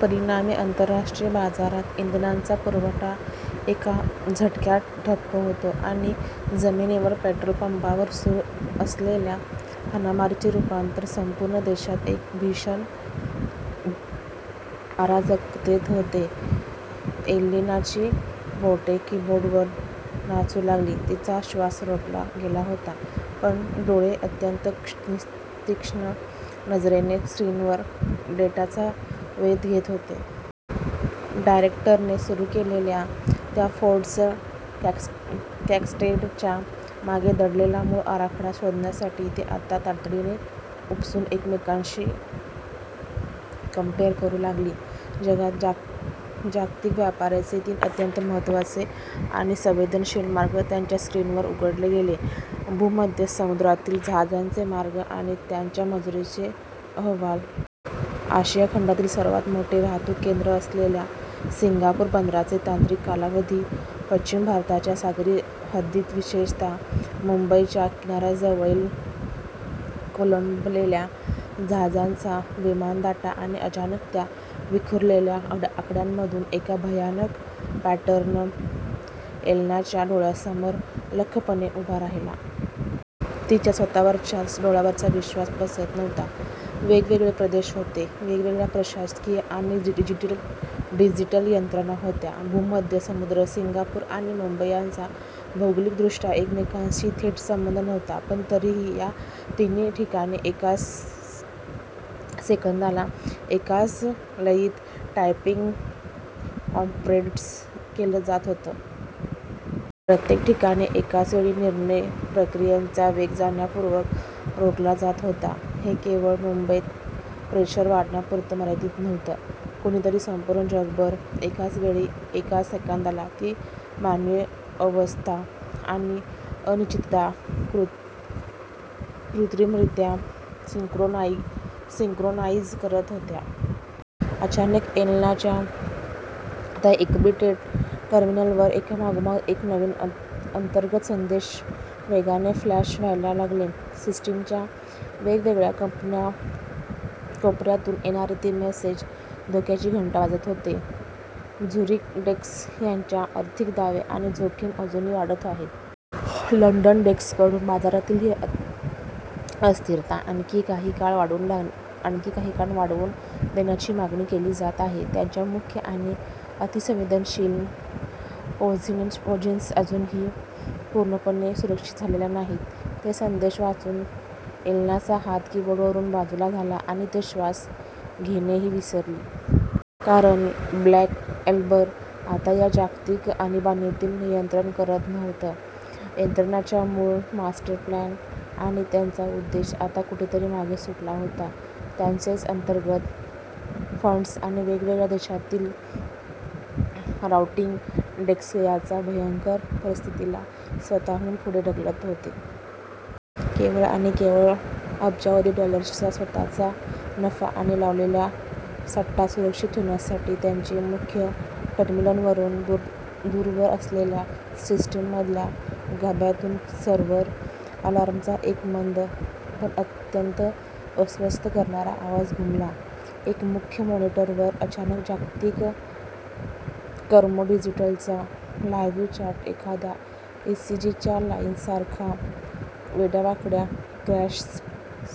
परिणामी, आंतरराष्ट्रीय बाजारात इंधनाचा पुरवठा एका झटक्यात ठप्प होतो आणि जमिनीवर पेट्रोल पंपांवर सुरू असलेल्या हाणामारीचे रूपांतर संपूर्ण देशात एका भीषण अराजकतेत होते. एलेनाची बोटे कीबोर्डवर नाचू लागली. तिचा श्वास रोखला गेला होता, पण डोळे अत्यंत तीक्ष्ण नजरेने स्क्रीनवरील डेटाचा वेध घेत होते. डायरेक्टरने सुरू केलेल्या त्या 'फोर्स्ड कॅस्केड'च्या मागे दडलेला मूळ आराखडा शोधण्यासाठी ती आता तातडीने उपसून एकमेकांशी कंपेअर करू लागली. जागतिक व्यापाराचे तीन अत्यंत महत्त्वाचे आणि संवेदनशील मार्ग तिच्या स्क्रीनवर उघडले गेले. भूमध्य समुद्रातील जहाजांचे मार्ग आणि त्यांच्या मंजुरीचे अहवाल. आशिया खंडातील सर्वात मोठे वाहतूक केंद्र असलेल्या सिंगापूर बंदराचे तांत्रिक कालावधी. पश्चिम भारताच्या सागरी हद्दीत, विशेषतः मुंबईच्या किनाऱ्याजवळ खोळंबलेल्या जहाजांचा विमा डेटा आणि अचानक त्या विखुरलेल्या आकड्यांमधून एक भयानक पॅटर्न एलेनाच्या डोळ्यांसमोर लख्खपणे उभा राहिला. तिचा स्वतःच्या डोळ्यांवर विश्वास बसत नव्हता. वेगवेगळे प्रदेश होते. वेगवेगळ्या प्रशासकीय आणि डिजिटल यंत्रणा होत्या. भूमध्य समुद्र, सिंगापूर आणि मुंबई यांचा भौगोलिक दृष्ट्या एकमेकांशी थेट संबंध नव्हता पण तरीही, या तिन्ही ठिकाणी एकाच सेकंदाला, एकाच लयीत 'टायमिंग कॉम्प्रेस्ड' केलं जात होतं. प्रत्येक ठिकाणी एकाच वेळी निर्णय प्रक्रियेचा वेग जाणीवपूर्वक रोखला जात होता. हे केवळ मुंबईत प्रेशर वाढवण्यापुरतं मर्यादित नव्हतं. कुणीतरी संपूर्ण जगभर, एकाच वेळी, एकाच सेकंदाला ती मानवी अस्वस्थता आणि अनिश्चितता कृत्रिमरित्या सिंक्रोनाईज करत होतं. अचानक एलेनाच्या त्या एन्क्रिप्टेड टर्मिनलवर एकामागून एक नवीन अंतर्गत संदेश वेगाने फ्लॅश व्हायला लागले. सिस्टीमच्या वेगवेगळ्या कोपऱ्यांतून येणारे ते मेसेज धोक्याची घंटा वाजवत होते. झुरिच डेस्क त्यांचे आर्थिक दावे आणि जोखीम अजून वाढवत आहे. लंडन डेस्ककडून बाजारातील ही अस्थिरता आणखी काही काळ वाढवून देण्याची मागणी केली जात आहे. त्यांच्या मुख्य आणि अतिसंवेदनशील पोझिशन्स अजूनही पूर्णपणे सुरक्षित झालेल्या नाहीत. ते संदेश वाचून एलेनाचा हात कीबोर्डवरून बाजूला झाला आणि ती श्वास घ्यायचेही विसरली. कारण 'ब्लॅक एम्बर' आता या जागतिक आणीबाणीला नियंत्रित करत नव्हतं. यंत्रणेचा मूळ मास्टरप्लॅन आणि त्याचा उद्देश आता कुठेतरी मागे सुटला होता. त्यांचेच अंतर्गत फंड्स आणि वेगवेगळ्या देशांतील राउटिंग डेस्क आता या भयंकर परिस्थितीला स्वतःहून पुढे ढकलत होते. केवळ आणि केवळ अब्जावधी डॉलर्सचा स्वतःचा नफा आणि लावलेला सट्टा सुरक्षित ठेवण्यासाठी. तिच्या मुख्य टर्मिनलवरून दूरवर असलेल्या सिस्टीमच्या गाभ्यातून सर्व्हर अलार्मचा एक मंद, पण अत्यंत अस्वस्थ करणारा आवाज घुमला. एका मुख्य मॉनिटरवर अचानक जागतिक कमोडिटीजचा लाईव्ह चार्ट एखाद्या ईसीजी लाईन्ससारखा वेड्यावाकड्या क्रॅश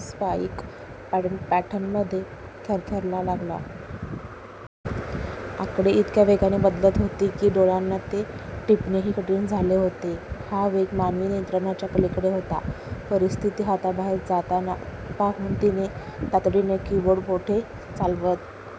स्पाइक पॅटर्नमध्ये थरथरायला लागला. आकडे इतक्या वेगाने बदलत होते की डोळ्यांना ते टिपणेही कठीण झाले होते. हा वेग मानवी नियंत्रणाच्या पलीकडला होता. परिस्थिती हाताबाहेर जाताना पाहून तिने तातडीने कीबोर्डवर बोटे चालवत